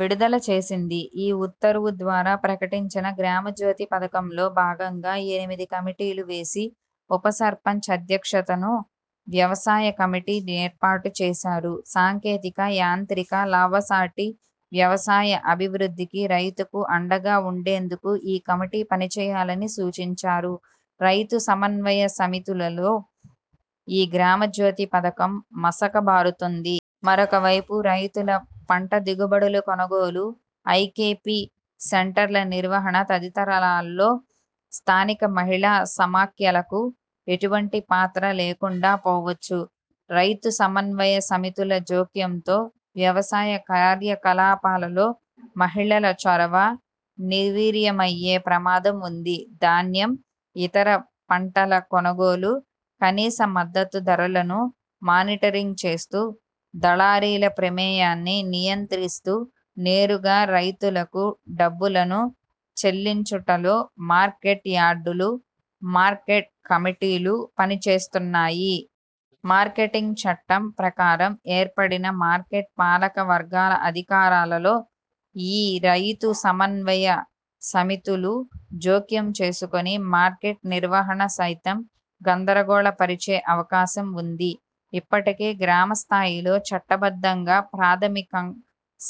విడుదల చేసింది. ఈ ఉత్తర్వు ద్వారా ప్రకటించిన 'గ్రామజ్యోతి' పథకంలో భాగంగా ఎనిమిది కమిటీలు వేసి ఉపసర్పంచ్ అధ్యక్షతను వ్యవసాయ కమిటీ నేర్పాటు చేశారు. సాంకేతిక, యాంత్రిక, లాభసాటి వ్యవసాయ అభివృద్ధికి రైతుకు అండగా ఉండేందుకు ఈ కమిటి పనిచేయాలని సూచించారు. రైతు సమన్వయ సమితులతో ఈ 'గ్రామజ్యోతి' పథకం మసక బారుతుంది. మరొక వైపు రైతుల పంట దిగుబడుల కొనుగోలు, ఐ. కె. పి. సెంటర్ల నిర్వహణ తదితరాలలో స్థానిక మహిళా సమాఖ్యలకు ఎటువంటి పాత్ర లేకుండా పోవచ్చు. రైతు సమన్వయ సమితుల జోక్యంతో వ్యవసాయ కార్యకలాపాలలో మహిళల చొరవ నిర్వీర్యమయ్యే ప్రమాదం ఉంది. ధాన్యం, ఇతర పంటల కొనుగోలు, కనీస మద్దతు ధరలను మానిటరింగ్ చేస్తూ దళారీల ప్రమేయాన్ని నియంత్రిస్తూ నేరుగా రైతులకు డబ్బులను చెల్లించుటలో మార్కెట్ యార్డులు, మార్కెట్ కమిటీలు పనిచేస్తున్నాయి. మార్కెటింగ్ చట్టం ప్రకారం ఏర్పడిన మార్కెట్ పాలక వర్గాల అధికారాలలో ఈ రైతు సమన్వయ సమితులు జోక్యం చేసుకుని మార్కెట్ నిర్వహణ సైతం గందరగోళ పరిచే అవకాశం ఉంది. ఇప్పటికే గ్రామ స్థాయిలో చట్టబద్ధంగా ప్రాథమిక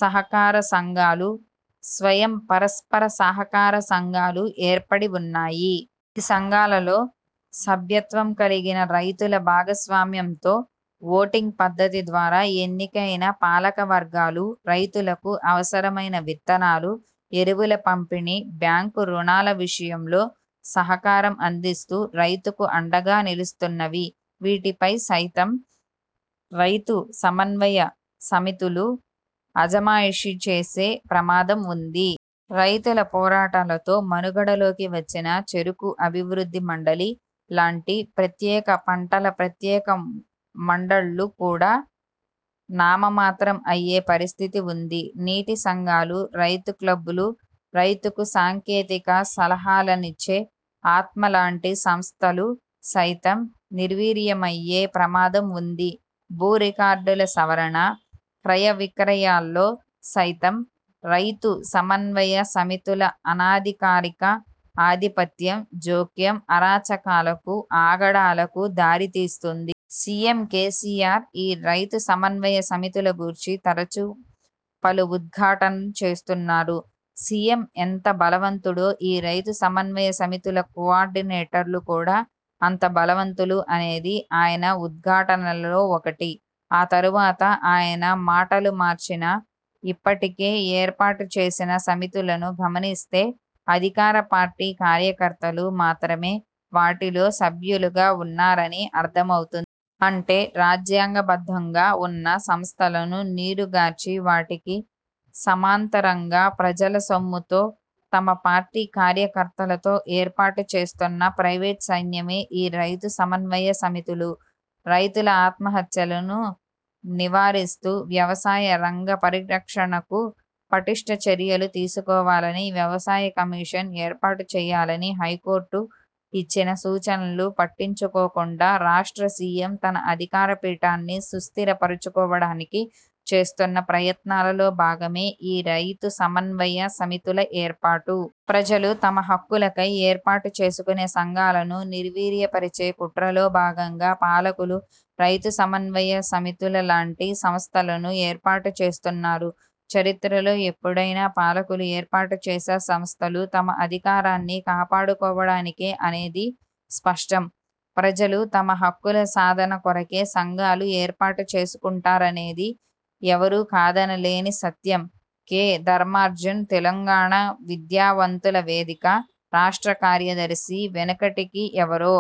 సహకార సంఘాలు, స్వయం పరస్పర సహకార సంఘాలు ఏర్పడివున్నాయి. ఈ సంఘాలలో సభ్యత్వం కలిగిన రైతుల భాగస్వామ్యంతో ఓటింగ్ పద్ధతి ద్వారా ఎన్నికైన పాలక వర్గాలు రైతులకు అవసరమైన విత్తనాలు, ఎరువుల పంపిణి, బ్యాంకు ఋణాల విషయంలో సహకారం అందిస్తూ రైతుకు అండగా నిలుస్తున్నవి. వీటిపై సైతం రైతు సమన్వయ సమితులు అజమాయిషీ చేసే ప్రమాదం ఉంది. రైతుల పోరాటాలతో మనుగడలోకి వచ్చిన 'చెరుకు అభివృద్ది మండలి' లాంటి ప్రత్యేక పంటల ప్రత్యేక మండళ్ళు కూడా నామమాత్రం అయ్యే పరిస్థితి ఉంది. నీటి సంఘాలు, రైతు క్లబ్లు, రైతుకు సాంకేతిక సలహాలనిచ్చే 'ఆత్మ' లాంటి సంస్థలు సైతం నిర్వీర్యమయ్యే ప్రమాదం ఉంది. భూ రికార్డుల సవరణ, క్రయ విక్రయాల్లో సైతం రైతు సమన్వయ సమితుల అనధికారిక ఆధిపత్యం, జోక్యం అరాచకాలకు ఆగడాలకు దారితీస్తుంది. సీఎం కేసీఆర్ ఈ రైతు సమన్వయ సమితుల గూర్చి తరచు పలు ఉద్ఘాటనలు చేస్తున్నారు. సీఎం ఎంత బలవంతుడో ఈ రైతు సమన్వయ సమితుల కో ఆర్డినేటర్లు కూడా అంత బలవంతులు అనేది ఆయన ఉద్ఘాటనలలో ఒకటి. ఆ తరువాత ఆయన మాటలుమార్చినా, ఇప్పటికే ఏర్పాటు చేసిన సమితులను గమనిస్తే అధికార పార్టీ కార్యకర్తలు మాత్రమే వాటిలో సభ్యులుగా ఉన్నారని అర్థమవుతుంది. అంటే రాజ్యాంగ బద్ధంగా ఉన్న సంస్థలను నీరుగార్చి వాటికి సమాంతరంగా ప్రజల సొమ్ముతో తమ పార్టీ కార్యకర్తలతో ఏర్పాటు చేస్తున్న ప్రైవేట్ సైన్యమే ఈ రైతు సమన్వయ సమితులు. రైతుల ఆత్మహత్యలను నివారిస్తూ వ్యవసాయ రంగ పరిరక్షణకు పటిష్ఠ చర్యలు తీసుకోవాలని, వ్యవసాయ కమిషన్ ఏర్పాటు చేయాలని హైకోర్టు ఇచ్చిన సూచనలు పట్టించుకోకుండా రాష్ట్ర సీఎం తన అధికార పీఠాన్ని సుస్థిర పరుచుకోవడానికి చేస్తోన్న ప్రయత్నాలలో భాగమే ఈ రైతు సమన్వయ సమితుల ఏర్పాటు. ప్రజలు తమ హక్కులకై ఏర్పాటు చేసుకునే సంఘాలను నిర్వీర్య పరిచే కుట్రలో భాగంగా పాలకులు రైతు సమన్వయ సమితుల లాంటి సంస్థలను ఏర్పాటు చేస్తున్నారు. చరిత్రలో ఎప్పుడైనా పాలకులు ఏర్పాటుచేసే సంస్థలు తమ అధికారాన్ని కాపాడుకోవడానికే అనేది స్పష్టం. ప్రజలు తమ హక్కుల సాధన కొరకే సంఘాలు ఏర్పాటు చేసుకుంటారనేది ఎవరూ కాదనలేని సత్యం. కె. ధర్మార్జున్ తెలంగాణ విద్యావంతుల వేదిక, రాష్ట్ర కార్యదర్శి వెనకటికి ఎవరో